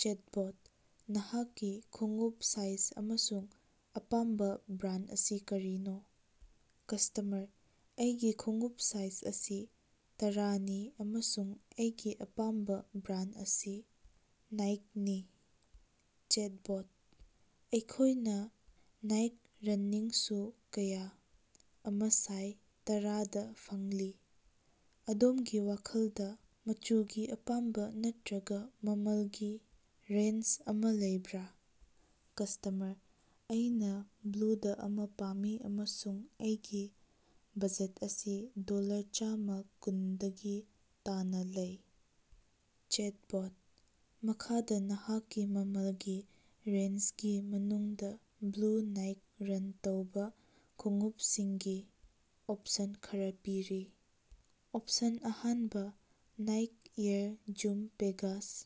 Chatbot: ꯅꯍꯥꯛꯀꯤ ꯈꯣꯡꯎꯞ size ꯑꯃꯁꯨꯡ ꯑꯄꯥꯝꯕꯥ ꯕ꯭ꯔꯥꯟꯗ ꯑꯁꯤ ꯀꯔꯤꯅꯣ? ꯀꯁ꯭ꯇꯃꯔ: ꯑꯩꯒꯤ ꯈꯣꯡꯎꯞ ꯁꯥꯏꯖ ꯑꯁꯤ ꯇꯔꯥꯅꯤ ꯑꯃꯁꯨꯡ ꯑꯩꯒꯤ ꯑꯄꯥꯝꯕꯥ ꯕ꯭ꯔꯥꯟꯗ ꯑꯁꯤ ꯅꯥꯏꯛꯅꯤ꯫ ꯆꯦꯠꯕꯣꯠ: ꯑꯩꯈꯣꯏꯅꯥ ꯅꯥꯏꯛ ꯔꯟꯅꯤꯡ ꯁꯨ ꯀꯌꯥ ꯑꯃꯥ ꯁꯥꯏꯖ ꯇꯔꯥꯗꯥ ꯐꯪꯂꯤ, ꯑꯗꯣꯝꯒꯤ ꯋꯥꯈꯜꯗꯥ ꯃꯆꯨꯒꯤ ꯑꯄꯥꯝꯕꯥ ꯅꯠꯇ꯭ꯔꯒꯥ ꯃꯃꯜꯒꯤ ꯔꯦꯟꯖ ꯑꯃꯥ ꯂꯩꯕꯔꯥ? ꯀꯁ꯭ꯇꯃꯔ: ꯑꯩꯅꯥ ꯕ꯭ꯂꯨꯗꯥ ꯑꯃꯥ ꯄꯥꯝꯃꯤ ꯑꯃꯁꯨꯡ ꯑꯩꯒꯤ ꯕꯖꯦꯠ ꯑꯁꯤ ꯗꯣꯂꯔ ꯆꯝꯃꯥ ꯀꯨꯟꯗꯒꯤ ꯇꯥꯅꯥ ꯂꯩ꯫ ꯆꯦꯠꯕꯣꯠ: ꯃꯈꯥꯗꯥ ꯅꯍꯥꯛꯀꯤ ꯃꯃꯜꯒꯤ ꯔꯦꯟꯖꯒꯤ ꯃꯅꯨꯡꯗꯥ ꯕ꯭ꯂꯨ ꯅꯥꯏꯛ ꯔꯟ ꯇꯧꯕꯥ ꯈꯣꯡꯎꯞꯁꯤꯡꯒꯤ ꯑꯣꯞꯁꯟ ꯈꯔꯥ ꯄꯤꯔꯤ: ꯑꯣꯞꯁꯟ ꯑꯍꯥꯟꯕ ꯅꯥꯏꯛ ꯑꯦꯌꯔ ꯖꯨꯝ ꯄꯦꯒꯥꯁ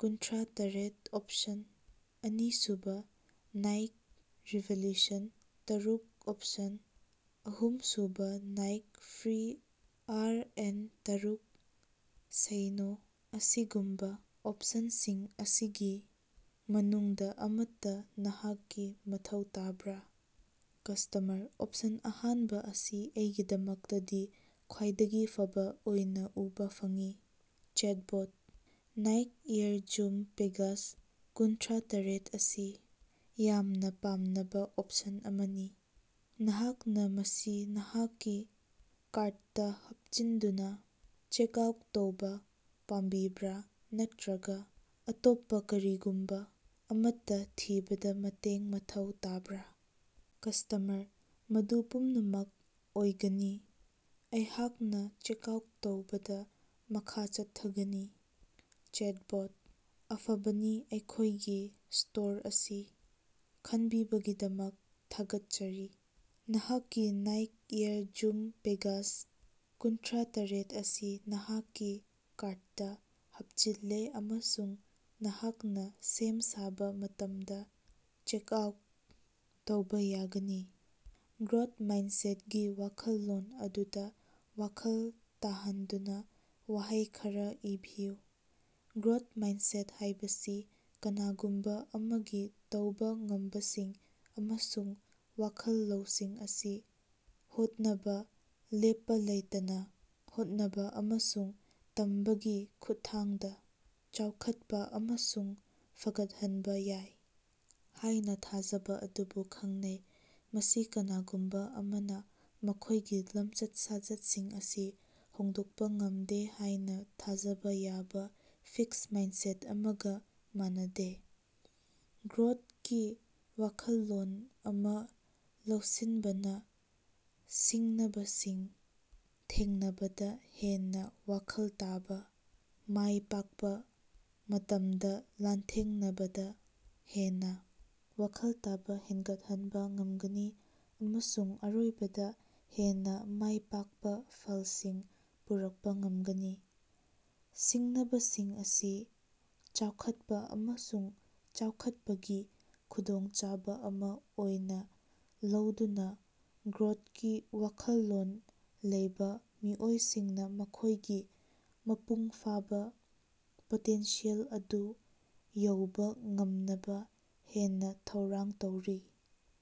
ꯀꯨꯟꯊ꯭ꯔꯥ ꯇꯔꯦꯠꯑꯣꯞꯁꯟ ꯑꯅꯤꯁꯨꯕ ꯅꯥꯏꯛ ꯔꯤꯚꯣꯂꯨꯁꯟ ꯇꯥꯔꯨꯛ ꯑꯣꯞꯁꯟ ꯑꯍꯨꯝꯁꯨꯕ ꯅꯥꯏꯛ ꯐ꯭ꯔꯤ ꯑꯥꯔ ꯑꯦꯟ ꯇꯥꯔꯨꯛ ꯁꯩꯅꯣ ꯑꯁꯤꯒꯨꯝꯕꯥ ꯑꯣꯞꯁꯟꯁꯤꯡ ꯑꯁꯤꯒꯤ ꯃꯅꯨꯡꯗꯥ ꯑꯃꯠꯇꯥ ꯅꯍꯥꯛꯀꯤ ꯃꯊꯧ ꯇꯥꯕꯔꯥ? ꯀꯁ꯭ꯇꯃꯔ: ꯑꯣꯞꯁꯟ ꯑꯍꯥꯟꯕ ꯑꯁꯤ ꯑꯩꯒꯤꯗꯃꯛꯇꯗꯤ ꯈ꯭ꯋꯥꯏꯗꯒꯤ ꯐꯕꯥ ꯑꯣꯏꯅꯥ ꯎꯕꯥ ꯐꯪꯏ꯫ Chatbot: Nike Air Zoom Pegasus ꯀꯨꯟꯊ꯭ꯔꯥ ꯇꯔꯦꯠ ꯑꯁꯤ ꯌꯥꯝꯅꯥ ꯄꯥꯝꯅꯕꯥ ꯑꯣꯞꯁꯟ ꯑꯃꯅꯤ꯫ ꯅꯍꯥꯛꯅꯥ ꯃꯁꯤ ꯅꯍꯥꯛꯀꯤ ꯀꯥꯔꯗꯇꯥ ꯍꯥꯞꯆꯤꯟꯗꯨꯅꯥ ꯆꯦꯛꯑꯥꯎꯠ ꯇꯧꯕꯥ ꯄꯥꯝꯕꯤꯕ꯭ꯔꯥ ꯅꯠꯇ꯭ꯔꯒꯥ ꯑꯇꯣꯞꯄꯥ ꯀꯔꯤꯒꯨꯝꯕꯥ ꯑꯃꯠꯇꯥ ꯊꯤꯕꯗꯥ ꯃꯇꯦꯡ ꯃꯊꯧ ꯇꯥꯕ꯭ꯔꯥ? ꯀꯁ꯭ꯇꯃꯔ: ꯃꯗꯨ ꯄꯨꯝꯅꯃꯛ ꯑꯣꯏꯒꯅꯤ꯫ ꯑꯩꯍꯥꯛꯅꯥ ꯆꯦꯛꯑꯥꯎꯠ ꯇꯧꯕꯗꯥ ꯃꯈꯥ ꯆꯠꯊꯒꯅꯤ꯫ ꯆꯦꯇꯕꯣꯠ: ꯑꯐꯕꯥꯅꯤ ꯑꯩꯈꯣꯏꯒꯤ ꯁ꯭ꯇꯣꯔ ꯑꯁꯤ ꯈꯟꯕꯤꯕꯒꯤꯗꯃꯛ ꯊꯥꯒꯠꯆꯔꯤ! ꯅꯍꯥꯛꯀꯤ ꯅꯥꯏꯛ ꯑꯦꯌꯔ ꯖꯨꯝ ꯄꯦꯒꯥꯁꯁ ꯀꯨꯟꯊ꯭ꯔꯥ ꯇꯔꯦꯠ ꯑꯁꯤ ꯅꯍꯥꯛꯀꯤ ꯀꯥꯔꯠꯇꯥ ꯍꯥꯞꯆꯤꯜꯂꯦ ꯑꯃꯁꯨꯡ ꯅꯍꯥꯛꯅꯥ ꯁꯦꯝ ꯁꯥꯕꯥ ꯃꯇꯝꯗꯥ ꯆꯦꯛꯑꯥꯎꯠ ꯇꯧꯕꯥ ꯌꯥꯒꯅꯤ꯫ ꯒ꯭ꯔꯣꯠ ꯃꯥꯏꯟꯗꯁꯦꯠꯒꯤ ꯋꯥꯈꯜꯂꯣꯟ ꯑꯗꯨꯗꯥ ꯋꯥꯈꯜ ꯇꯥꯍꯟꯗꯨꯅꯥ ꯋꯥꯍꯩ ꯈꯔꯥ ꯏꯕꯤꯌꯨ꯫ ꯒ꯭ꯔꯣꯠ ꯃꯥꯏꯟꯗꯁꯦꯠ ꯍꯥꯏꯕꯁꯤ ꯀꯅꯥꯒꯨꯝꯕꯥ ꯑꯃꯒꯤ ꯇꯧꯕꯥ ꯉꯝꯕꯁꯤꯡ ꯑꯃꯁꯨꯡ ꯋꯥꯈꯜ ꯂꯧꯁꯤꯡ ꯑꯁꯤ ꯍꯣꯠꯅꯕꯥ, ꯂꯦꯞꯄꯥ ꯂꯩꯇꯅꯥ ꯍꯣꯠꯅꯕꯥ ꯑꯃꯁꯨꯡ ꯇꯝꯕꯒꯤ ꯈꯨꯠꯊꯥꯡꯗꯥ ꯆꯥꯎꯈꯠꯄꯥ ꯑꯃꯁꯨꯡ ꯐꯒꯠꯍꯟꯕꯥ ꯌꯥꯏ ꯍꯥꯏꯅꯥ ꯊꯥꯖꯕꯥ ꯑꯗꯨꯕꯨ ꯈꯪꯅꯩ꯫ ꯃꯁꯤ ꯀꯅꯥꯒꯨꯝꯕꯥ ꯑꯃꯅꯥ ꯃꯈꯣꯏꯒꯤ ꯂꯝꯆꯠ-ꯁꯥꯖꯠꯁꯤꯡ ꯑꯁꯤ ꯍꯣꯡꯗꯣꯛꯄꯥ ꯉꯝꯗꯦ ꯍꯥꯏꯅꯥ ꯊꯥꯖꯕꯥ ꯌꯥꯕꯥ ꯐꯤꯛꯁ ꯃꯥꯏꯟꯗꯁꯦꯠ ꯑꯃꯒꯥ ꯃꯥꯟꯅꯗꯦ꯫ ꯒ꯭ꯔꯣꯠꯀꯤ ꯋꯥꯈꯜꯂꯣꯟ ꯑꯃꯥ ꯂꯧꯁꯤꯟꯕꯅꯥ ꯁꯤꯡꯅꯕꯁꯤꯡ ꯊꯦꯡꯅꯕꯗꯥ ꯍꯦꯟꯅꯥ ꯋꯥꯈꯜ ꯇꯥꯕꯥ, ꯃꯥꯏ ꯄꯥꯛꯄꯥ ꯃꯇꯝꯗꯥ ꯂꯥꯟꯊꯦꯡꯅꯕꯗꯥ ꯍꯦꯟꯅꯥ ꯋꯥꯈꯜ ꯇꯥꯕꯥ ꯍꯦꯟꯒꯠꯍꯟꯕꯥ ꯉꯝꯒꯅꯤ ꯑꯃꯁꯨꯡ ꯑꯔꯣꯏꯕꯗꯥ, ꯍꯦꯟꯅꯥ ꯃꯥꯏ ꯄꯥꯛꯄꯥ ꯐꯜꯁꯤꯡ ꯄꯨꯔꯛꯄꯥ ꯉꯃꯒꯅꯤ꯫ ꯁꯤꯡꯅꯕꯁꯤꯡ ꯑꯁꯤ ꯆꯥꯎꯈꯠꯄꯥ ꯑꯃꯁꯨꯡ ꯆꯥꯎꯈꯠꯄꯒꯤ ꯈꯨꯗꯣꯡꯆꯥꯕꯥ ꯑꯃꯥ ꯑꯣꯏꯅꯥ ꯂꯧꯗꯨꯅꯥ ꯒ꯭ꯔꯣꯠꯀꯤ ꯋꯥꯈꯜꯂꯣꯟ ꯂꯩꯕꯥ ꯃꯤꯑꯣꯏꯁꯤꯡꯅꯥ ꯃꯈꯣꯏꯒꯤ ꯃꯄꯨꯡ ꯐꯥꯕꯥ ꯄꯣꯇꯦꯟꯁꯤꯌꯦꯜ ꯑꯗꯨ ꯌꯧꯕꯥ ꯉꯝꯅꯕꯥ ꯍꯦꯟꯅꯥ ꯊꯧꯔꯥꯡ ꯇꯧꯔꯤ꯫